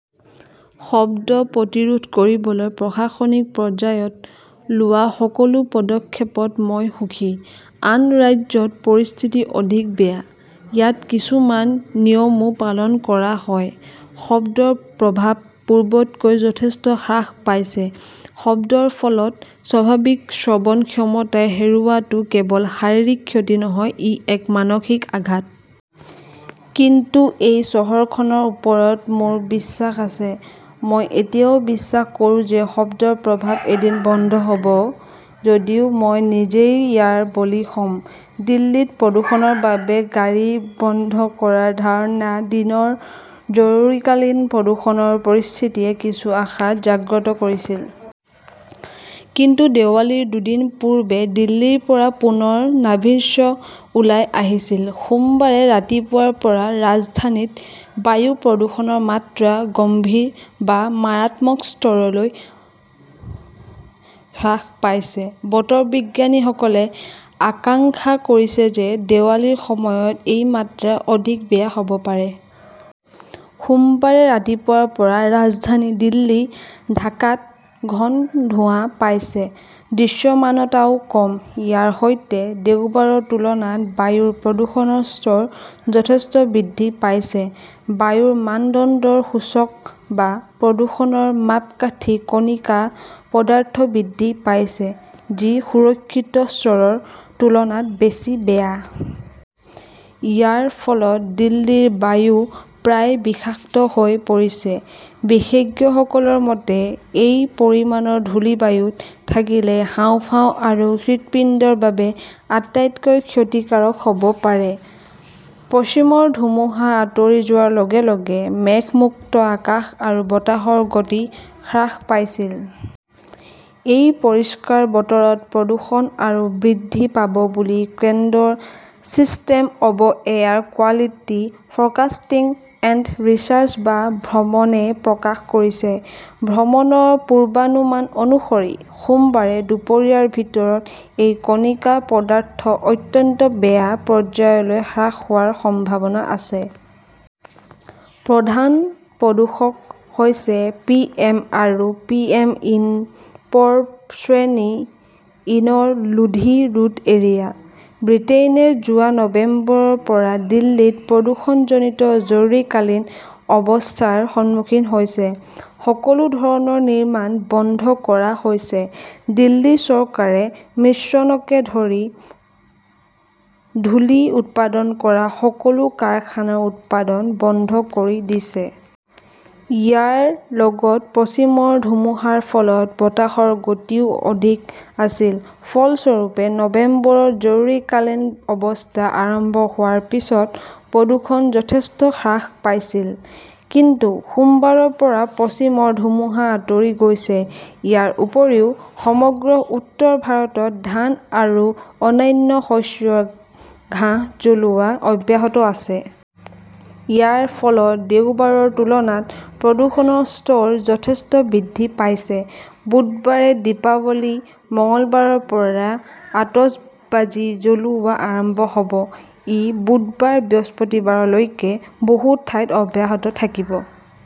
শব্দ প্ৰতিৰোধ কৰিবলৈ প্ৰশাসনিক পৰ্যায়ত লোৱা সকলো পদক্ষেপত মই সুখী। আন ৰাজ্যত পৰিস্থিতি অধিক বেয়া। ইয়াত কিছুমান নিয়মো পালন কৰা হয়। শব্দৰ প্ৰভাৱ পূৰ্বতকৈ যথেষ্ট হ্ৰাস পাইছে। শব্দৰ ফলত স্বাভাৱিক শ্ৰৱণ ক্ষমতা হেৰুওৱাটো কেৱল শাৰীৰিক ক্ষতি নহয়, ই এক মানসিক আঘাত। কিন্তু এই চহৰখনৰ ওপৰত মোৰ বিশ্বাস আছে। মই এতিয়াও বিশ্বাস কৰোঁ যে শব্দৰ প্ৰভাৱ এদিন বন্ধ হব, যদিও মই নিজেই ইয়াৰ বলি হম। দিল্লীত প্ৰদূষণৰ বাবে গাড়ী বন্ধ কৰাৰ ধাৰণা দিনৰ জৰুৰীকালীন প্ৰদূষণৰ পৰিস্থিতিয়ে কিছু আশা জাগ্ৰত কৰিছিল। কিন্তু দেৱালীৰ দুদিন পূৰ্বে দিল্লীৰ পৰা পুনৰ "নাভিশ্ব" ওলাই আহিছিল। সোমবাৰে ৰাতিপুৱাৰ পৰা ৰাজধানীত বায়ু প্ৰদূষণৰ মাত্ৰা "গম্ভীৰ" বা মাৰাত্মক স্তৰলৈ হ্ৰাস পাইছে। বতৰ বিজ্ঞানীসকলে আশংকা কৰিছে যে, দেৱালীৰ সময়ত এই মাত্ৰা অধিক বেয়া হব পাৰে। সোমবাৰে ৰাতিপুৱাৰ পৰা ৰাজধানী দিল্লী, ঢাকাত ঘন ধোঁৱা পৰিছে। দৃশ্যমানতাও কম। ইয়াৰ সৈতে দেওবাৰৰ তুলনাত বায়ুৰ প্ৰদূষণৰ স্তৰ যথেষ্ট বৃদ্ধি পাইছে। বায়ুৰ মানদণ্ডৰ সূচক বা প্ৰদূষণৰ মাপকাঠি কণিকা পদাৰ্থ বৃদ্ধি পাইছে, যি সুৰক্ষিত স্তৰৰ তুলনাত বেছি বেয়া। ইয়াৰ ফলত দিল্লীৰ বায়ু প্ৰায় বিষাক্ত হৈ পৰিছে। বিশেষজ্ঞসকলৰ মতে, এই পৰিমাণৰ ধূলি বায়ুত থাকিলে হাঁওফাঁও আৰু হৃদপিণ্ডৰ বাবে আটাইতকৈ ক্ষতিকাৰক হব পাৰে। পশ্চিমৰ ধুমুহা আঁতৰি যোৱাৰ লগে লগে মেঘমুক্ত আকাশ আৰু বতাহৰ গতি হ্ৰাস পাইছিল। এই পৰিষ্কাৰ বতৰত প্ৰদূষণ আৰু বৃদ্ধি পাব বুলি কেন্দ্ৰৰ system of air quality forecasting and research বা "ভ্ৰমণ"-এ প্ৰকাশ কৰিছে। ভ্ৰমণৰ পূৰ্বানুমান অনুসৰি, সোমবাৰে দুপৰীয়াৰ ভিতৰত এই কণিকা পদাৰ্থ " অত্যন্ত বেয়া" পৰ্যায়লৈ হ্ৰাস হোৱাৰ সম্ভাৱনা আছে। প্ৰধান প্ৰদূষক হৈছে পিএম আৰু পিএম ইন 'প' ৰ 'শ্ৰেণী ইনৰ লোধি ৰোড এৰিয়া। ব্ৰিটেইনে যোৱা নৱেম্বৰৰ পৰা দিল্লীত প্ৰদূষণজনিত জৰুৰীকালীন অৱস্থাৰ সন্মুখীন হৈছে। সকলো ধৰণৰ নিৰ্মাণ বন্ধ কৰা হৈছে। দিল্লী চৰকাৰে মিশ্ৰণকে ধৰি ধূলি উৎপাদন কৰা সকলো কাৰখানাৰ উৎপাদন বন্ধ কৰি দিছে। ইয়াৰ লগত পশ্চিমৰ ধুমুহাৰ ফলত বতাহৰ গতিও অধিক আছিল। ফলস্বৰূপে, নৱেম্বৰত জৰুৰীকালীন অৱস্থা আৰম্ভ হোৱাৰ পিছত প্ৰদূষণ যথেষ্ট হ্ৰাস পাইছিল। কিন্তু সোমবাৰৰ পৰা পশ্চিমৰ ধুমুহা আঁতৰি গৈছে। ইয়াৰ উপৰিও সমগ্ৰ উত্তৰ ভাৰতত ধান আৰু অন্যান্য শস্যৰ ঘাঁহ জ্বলোৱা অব্যাহত আছে। ইয়াৰ ফলত দেওবাৰৰ তুলনাত প্ৰদূষণৰ স্তৰ যথেষ্ট বৃদ্ধি পাইছে। বুধবাৰে দীপাৱলী। মঙলবাৰৰ পৰা আতচবাজী জ্বলোৱা আৰম্ভ হব। ই বুধবাৰ-বৃহস্পতিবাৰলৈকে বহু ঠাইত অব্যাহত থাকিব।